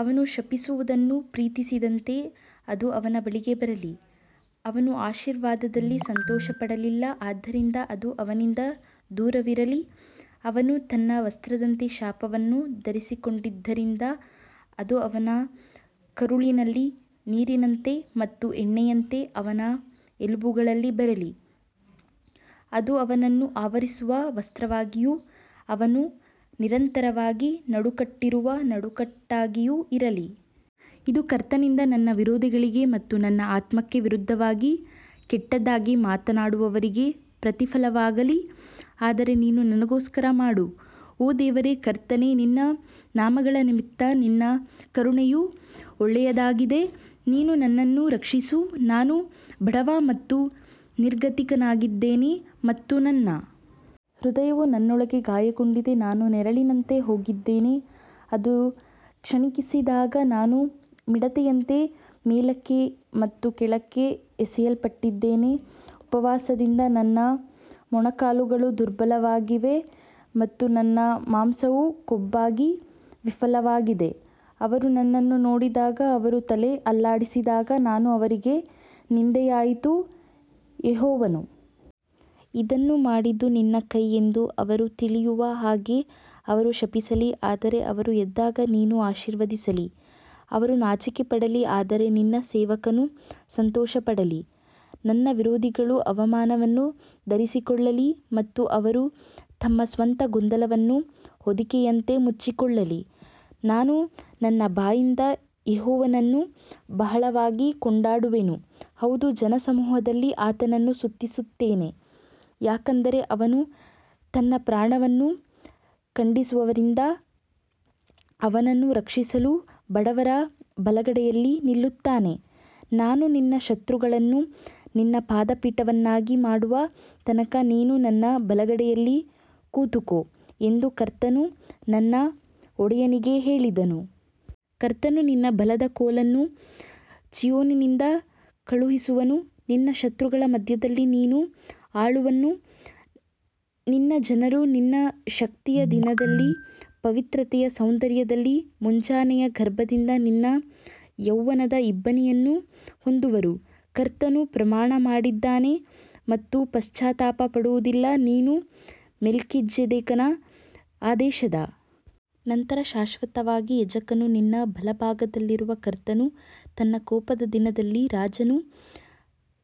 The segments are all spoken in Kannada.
ಅವನು ಶಪಿಸುವುದನ್ನು ಪ್ರೀತಿಸಿದಂತೆ ಅದು ಅವನ ಬಳಿಗೆ ಬರಲಿ, ಅವನು ಆಶೀರ್ವಾದದಲ್ಲಿ ಸಂತೋಷಪಡಲಿಲ್ಲ ಆದ್ದರಿಂದ ಅದು ಅವನಿಂದ ದೂರವಿರಲಿ ಅವನು ತನ್ನ ವಸ್ತ್ರದಂತೆ ಶಾಪವನ್ನು ಧರಿಸಿಕೊಂಡಿದ್ದರಿಂದ ಅದು ಅವನ ಕರುಳಿನಲ್ಲಿ ನೀರಿನಂತೆ ಮತ್ತು ಎಣ್ಣೆಯಂತೆ ಅವನ ಎಲುಬುಗಳಲ್ಲಿ ಬರಲಿ. ಅದು ಅವನನ್ನು ಆವರಿಸುವ ವಸ್ತ್ರವಾಗಿಯೂ ಅವನು ನಿರಂತರವಾಗಿ ನಡುಕಟ್ಟಿರುವ ನಡುಕಟ್ಟಾಗಿಯೂ ಇರಲಿ. ಇದು ಕರ್ತನಿಂದ ನನ್ನ ವಿರೋಧಿಗಳಿಗೆ ಮತ್ತು ನನ್ನ ಆತ್ಮಕ್ಕೆ ವಿರುದ್ಧವಾಗಿ ಕೆಟ್ಟದಾಗಿ ಮಾತನಾಡುವವರಿಗೆ ಪ್ರತಿಫಲವಾಗಲಿ ಆದರೆ ನೀನು ನನಗೋಸ್ಕರ ಮಾಡು ಓ ದೇವರೇ ಕರ್ತನೇ ನಿನ್ನ ನಾಮಗಳ ನಿಮಿತ್ತ ನಿನ್ನ ಕರುಣೆಯು ಒಳ್ಳೆಯದಾಗಿದೆ ನೀನು ನನ್ನನ್ನು ರಕ್ಷಿಸು ನಾನು ಬಡವ ಮತ್ತು ನಿರ್ಗತಿಕನಾಗಿದ್ದೇನೆ ಮತ್ತು ನನ್ನ ಹೃದಯವು ನನ್ನೊಳಗೆ ಗಾಯಗೊಂಡಿದೆ ನಾನು ನೆರಳಿನಂತೆ ಹೋಗಿದ್ದೇನೆ ಅದು ಕ್ಷೀಣಿಸಿದಾಗ ನಾನು ಮಿಡತೆಯಂತೆ ಮೇಲಕ್ಕೆ ಮತ್ತು ಕೆಳಕ್ಕೆ ಎಸೆಯಲ್ಪಟ್ಟಿದ್ದೇನೆ ಉಪವಾಸದಿಂದ ನನ್ನ ಮೊಣಕಾಲುಗಳು ದುರ್ಬಲವಾಗಿವೆ ಮತ್ತು ನನ್ನ ಮಾಂಸವು ಕೊಬ್ಬಾಗಿ ವಿಫಲವಾಗಿದೆ ಅವರು ನನ್ನನ್ನು ನೋಡಿದಾಗ ಅವರು ತಲೆ ಅಲ್ಲಾಡಿಸಿದಾಗ ನಾನು ಅವರಿಗೆ ನಿಂದೆಯಾಯಿತು ಯೆಹೋವನು ಇದನ್ನು ಮಾಡಿದ್ದು ನಿನ್ನ ಕೈ ಎಂದು ಅವರು ತಿಳಿಯುವ ಹಾಗೆ ಅವರು ಶಪಿಸಲಿ ಆದರೆ ಅವರು ಎದ್ದಾಗ ನೀನು ಆಶೀರ್ವದಿಸಲಿ ಅವರು ನಾಚಿಕೆಪಡಲಿ ಆದರೆ ನಿನ್ನ ಸೇವಕನು ಸಂತೋಷಪಡಲಿ ನನ್ನ ವಿರೋಧಿಗಳು ಅವಮಾನವನ್ನು ಧರಿಸಿಕೊಳ್ಳಲಿ ಮತ್ತು ಅವರು ತಮ್ಮ ಸ್ವಂತ ಗೊಂದಲವನ್ನು ಹೊದಿಕೆಯಂತೆ ಮುಚ್ಚಿಕೊಳ್ಳಲಿ ನಾನು ನನ್ನ ಬಾಯಿಂದ ಯೆಹೋವನನ್ನು ಬಹಳವಾಗಿ ಕೊಂಡಾಡುವೆನು, ಹೌದು ಜನಸಮೂಹದಲ್ಲಿ ಆತನನ್ನು ಸ್ತುತಿಸುತ್ತೇನೆ ಯಾಕಂದರೆ ಅವನು ತನ್ನ ಪ್ರಾಣವನ್ನು ಖಂಡಿಸುವವರಿಂದ ಅವನನ್ನು ರಕ್ಷಿಸಲು ಬಡವರ ಬಲಗಡೆಯಲ್ಲಿ ನಿಲ್ಲುತ್ತಾನೆ ನಾನು ನಿನ್ನ ಶತ್ರುಗಳನ್ನು ನಿನ್ನ ಪಾದಪೀಠವನ್ನಾಗಿ ಮಾಡುವ ತನಕ ನೀನು ನನ್ನ ಬಲಗಡೆಯಲ್ಲಿ ಕೂತುಕೋ ಎಂದು ಕರ್ತನು ನನ್ನ ಒಡೆಯನಿಗೆ ಹೇಳಿದನು. ಕರ್ತನು ನಿನ್ನ ಬಲದ ಕೋಲನ್ನು ಚೀಯೋನಿನಿಂದ ಕಳುಹಿಸುವನು ನಿನ್ನ ಶತ್ರುಗಳ ಮಧ್ಯದಲ್ಲಿ ನೀನು ಆಳುವನು ನಿನ್ನ ಜನರು ನಿನ್ನ ಶಕ್ತಿಯ ದಿನದಲ್ಲಿ ಪವಿತ್ರತೆಯ ಸೌಂದರ್ಯದಲ್ಲಿ ಮುಂಜಾನೆಯ ಗರ್ಭದಿಂದ ನಿನ್ನ ಯೌವನದ ಇಬ್ಬನಿಯನ್ನು ಹೊಂದುವರು ಕರ್ತನು ಪ್ರಮಾಣ ಮಾಡಿದ್ದಾನೆ ಮತ್ತು ಪಶ್ಚಾತ್ತಾಪ ಪಡುವುದಿಲ್ಲ, ನೀನು ಮೆಲ್ಕಿಜೆದೇಕನ ಆದೇಶದ ನಂತರ ಶಾಶ್ವತವಾಗಿ ಯಾಜಕನು ನಿನ್ನ ಬಲಭಾಗದಲ್ಲಿರುವ ಕರ್ತನು ತನ್ನ ಕೋಪದ ದಿನದಲ್ಲಿ ರಾಜರನ್ನು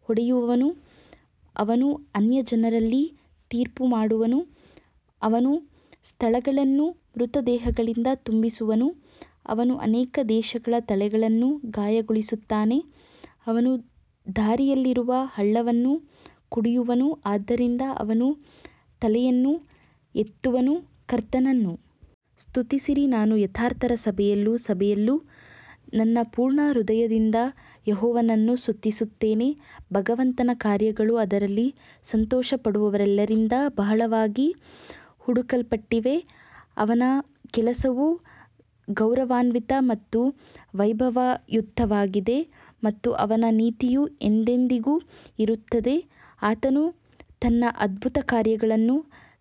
ಹೊಡೆಯುವನು ಅವನು ಅನ್ಯಜನರಲ್ಲಿ ತೀರ್ಪುಮಾಡುವನು, ಅವನು ಸ್ಥಳಗಳನ್ನು ಮೃತ ದೇಹಗಳಿಂದ ತುಂಬಿಸುವನು, ಅವನು ಅನೇಕ ದೇಶಗಳ ತಲೆಗಳನ್ನು ಗಾಯಗೊಳಿಸುತ್ತಾನೆ ಅವನು ದಾರಿಯಲ್ಲಿರುವ ಹಳ್ಳವನ್ನು ಕುಡಿಯುವನು, ಆದ್ದರಿಂದ ಅವನು ತಲೆಯನ್ನು ಎತ್ತುವನು ಕರ್ತನನ್ನು ಸ್ತುತಿಸಿರಿ ನಾನು ಯಥಾರ್ಥರ ಸಭೆಯಲ್ಲೂ ಸಭೆಯಲ್ಲೂ ನನ್ನ ಪೂರ್ಣ ಹೃದಯದಿಂದ ಯೆಹೋವನನ್ನು ಸ್ತುತಿಸುತ್ತೇನೆ ಭಗವಂತನ ಕಾರ್ಯಗಳು ಅದರಲ್ಲಿ ಸಂತೋಷಪಡುವವರೆಲ್ಲರಿಂದ ಬಹಳವಾಗಿ ಹುಡುಕಲ್ಪಟ್ಟಿವೆ ಅವನ ಕೆಲಸವು ಗೌರವಾನ್ವಿತ ಮತ್ತು ವೈಭವಯುತವಾಗಿದೆ ಮತ್ತು ಅವನ ನೀತಿಯು ಎಂದೆಂದಿಗೂ ಇರುತ್ತದೆ ಆತನು ತನ್ನ ಅದ್ಭುತಕಾರ್ಯಗಳನ್ನು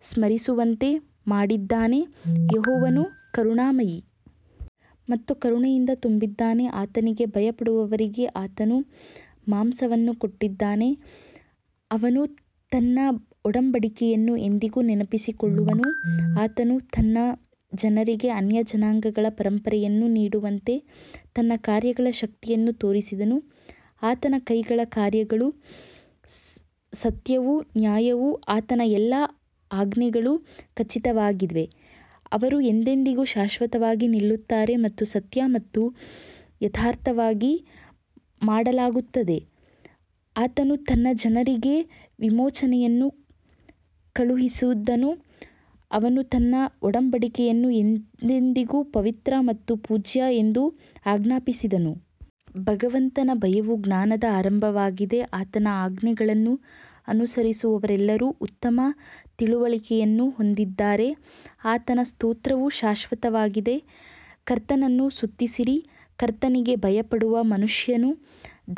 ಸ್ಮರಿಸುವಂತೆ ಮಾಡಿದ್ದಾನೆ, ಯೆಹೋವನು ಕರುಣಾಮಯಿ ಮತ್ತು ಕರುಣೆಯಿಂದ ತುಂಬಿದ್ದಾನೆ ಆತನಿಗೆ ಭಯಪಡುವವರಿಗೆ ಆತನು ಮಾಂಸವನ್ನು ಕೊಟ್ಟಿದ್ದಾನೆ, ಅವನು ತನ್ನ ಒಡಂಬಡಿಕೆಯನ್ನು ಎಂದಿಗೂ ನೆನಪಿಸಿಕೊಳ್ಳುವನು ಆತನು ತನ್ನ ಜನರಿಗೆ ಅನ್ಯಜನಾಂಗಗಳ ಪರಂಪರೆಯನ್ನು ನೀಡುವಂತೆ ತನ್ನ ಕಾರ್ಯಗಳ ಶಕ್ತಿಯನ್ನು ತೋರಿಸಿದನು ಆತನ ಕೈಗಳ ಕಾರ್ಯಗಳು ಸತ್ಯವೂ ನ್ಯಾಯವೂ ಆತನ ಎಲ್ಲಾ ಆಜ್ಞೆಗಳು ಖಚಿತವಾಗಿವೆ ಅವರು ಎಂದೆಂದಿಗೂ ಶಾಶ್ವತವಾಗಿ ನಿಲ್ಲುತ್ತಾರೆ ಮತ್ತು ಸತ್ಯ ಮತ್ತು ಯಥಾರ್ಥವಾಗಿ ಮಾಡಲಾಗುತ್ತದೆ ಆತನು ತನ್ನ ಜನರಿಗೆ ವಿಮೋಚನೆಯನ್ನು ಕಳುಹಿಸಿದನು, ಅವನು ತನ್ನ ಒಡಂಬಡಿಕೆಯನ್ನು ಎಂದೆಂದಿಗೂ ಪವಿತ್ರ ಮತ್ತು ಪೂಜ್ಯ ಎಂದು ಆಜ್ಞಾಪಿಸಿದನು. ಭಗವಂತನ ಭಯವು ಜ್ಞಾನದ ಆರಂಭವಾಗಿದೆ, ಆತನ ಆಜ್ಞೆಗಳನ್ನು ಅನುಸರಿಸುವವರೆಲ್ಲರೂ ಉತ್ತಮ ತಿಳುವಳಿಕೆಯನ್ನು ಹೊಂದಿದ್ದಾರೆ ಆತನ ಸ್ತೋತ್ರವು ಶಾಶ್ವತವಾಗಿದೆ ಕರ್ತನನ್ನು ಸ್ತುತಿಸಿರಿ, ಕರ್ತನಿಗೆ ಭಯಪಡುವ ಮನುಷ್ಯನು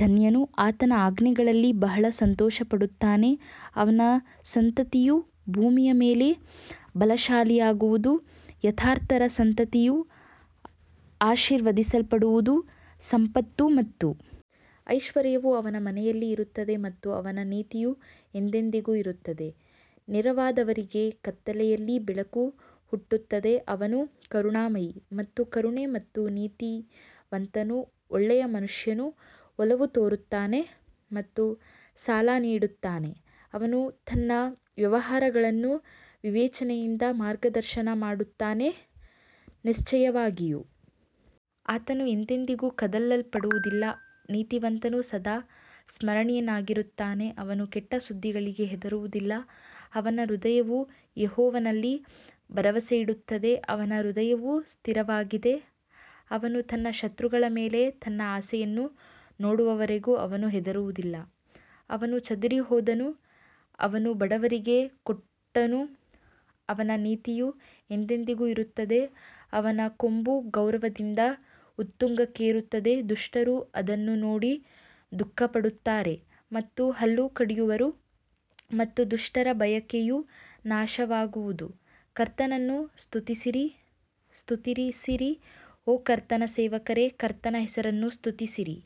ಧನ್ಯನು, ಆತನ ಆಜ್ಞೆಗಳಲ್ಲಿ ಬಹಳ ಸಂತೋಷಪಡುತ್ತಾನೆ ಅವನ ಸಂತತಿಯು ಭೂಮಿಯ ಮೇಲೆ ಬಲಶಾಲಿಯಾಗುವದು, ಯಥಾರ್ಥರ ಸಂತತಿಯು ಆಶೀರ್ವದಿಸಲ್ಪಡುವದು ಸಂಪತ್ತು ಮತ್ತು ಐಶ್ವರ್ಯವು ಅವನ ಮನೆಯಲ್ಲಿ ಇರುತ್ತದೆ ಮತ್ತು ಅವನ ನೀತಿಯು ಎಂದೆಂದಿಗೂ ಇರುತ್ತದೆ ನೇರವಾದವರಿಗೆ ಕತ್ತಲೆಯಲ್ಲಿ ಬೆಳಕು ಹುಟ್ಟುತ್ತದೆ, ಅವನು ಕರುಣಾಮಯಿ ಮತ್ತು ಕರುಣೆ ಮತ್ತು ನೀತಿವಂತನು ಒಳ್ಳೆಯ ಮನುಷ್ಯನು ಒಲವು ತೋರುತ್ತಾನೆ ಮತ್ತು ಸಾಲ ನೀಡುತ್ತಾನೆ, ಅವನು ತನ್ನ ವ್ಯವಹಾರಗಳನ್ನು ವಿವೇಚನೆಯಿಂದ ಮಾರ್ಗದರ್ಶನ ಮಾಡುತ್ತಾನೆ ನಿಶ್ಚಯವಾಗಿಯೂ ಆತನು ಎಂದೆಂದಿಗೂ ಕದಲಲ್ಪಡುವದಿಲ್ಲ, ನೀತಿವಂತನು ಸದಾ ಸ್ಮರಣೀಯನಾಗಿರುತ್ತಾನೆ ಅವನು ಕೆಟ್ಟ ಸುದ್ದಿಗಳಿಗೆ ಹೆದರುವುದಿಲ್ಲ, ಅವನ ಹೃದಯವು ಯೆಹೋವನಲ್ಲಿ ಭರವಸೆಯಿಡುತ್ತದೆ ಅವನ ಹೃದಯವು ಸ್ಥಿರವಾಗಿದೆ, ಅವನು ತನ್ನ ಶತ್ರುಗಳ ಮೇಲೆ ತನ್ನ ಆಸೆಯನ್ನು ನೋಡುವವರೆಗೂ ಅವನು ಹೆದರುವುದಿಲ್ಲ ಅವನು ಚದುರಿಹೋದನು ಅವನು ಬಡವರಿಗೆ ಕೊಟ್ಟನು ಅವನ ನೀತಿಯು ಎಂದೆಂದಿಗೂ ಇರುತ್ತದೆ ಅವನ ಕೊಂಬು ಗೌರವದಿಂದ ಉತ್ತುಂಗಕ್ಕೇರುತ್ತದೆ ದುಷ್ಟರು ಅದನ್ನು ನೋಡಿ ದುಃಖಪಡುತ್ತಾರೆ ಮತ್ತು ಹಲ್ಲು ಕಡಿಯುವರು ಮತ್ತು ದುಷ್ಟರ ಬಯಕೆಯು ನಾಶವಾಗುವುದು ಕರ್ತನನ್ನು ಸ್ತುತಿಸಿರಿ ಸ್ತುತಿಸಿರಿ ಓ ಕರ್ತನ ಸೇವಕರೇ ಕರ್ತನ ಹೆಸರನ್ನು ಸ್ತುತಿಸಿರಿ.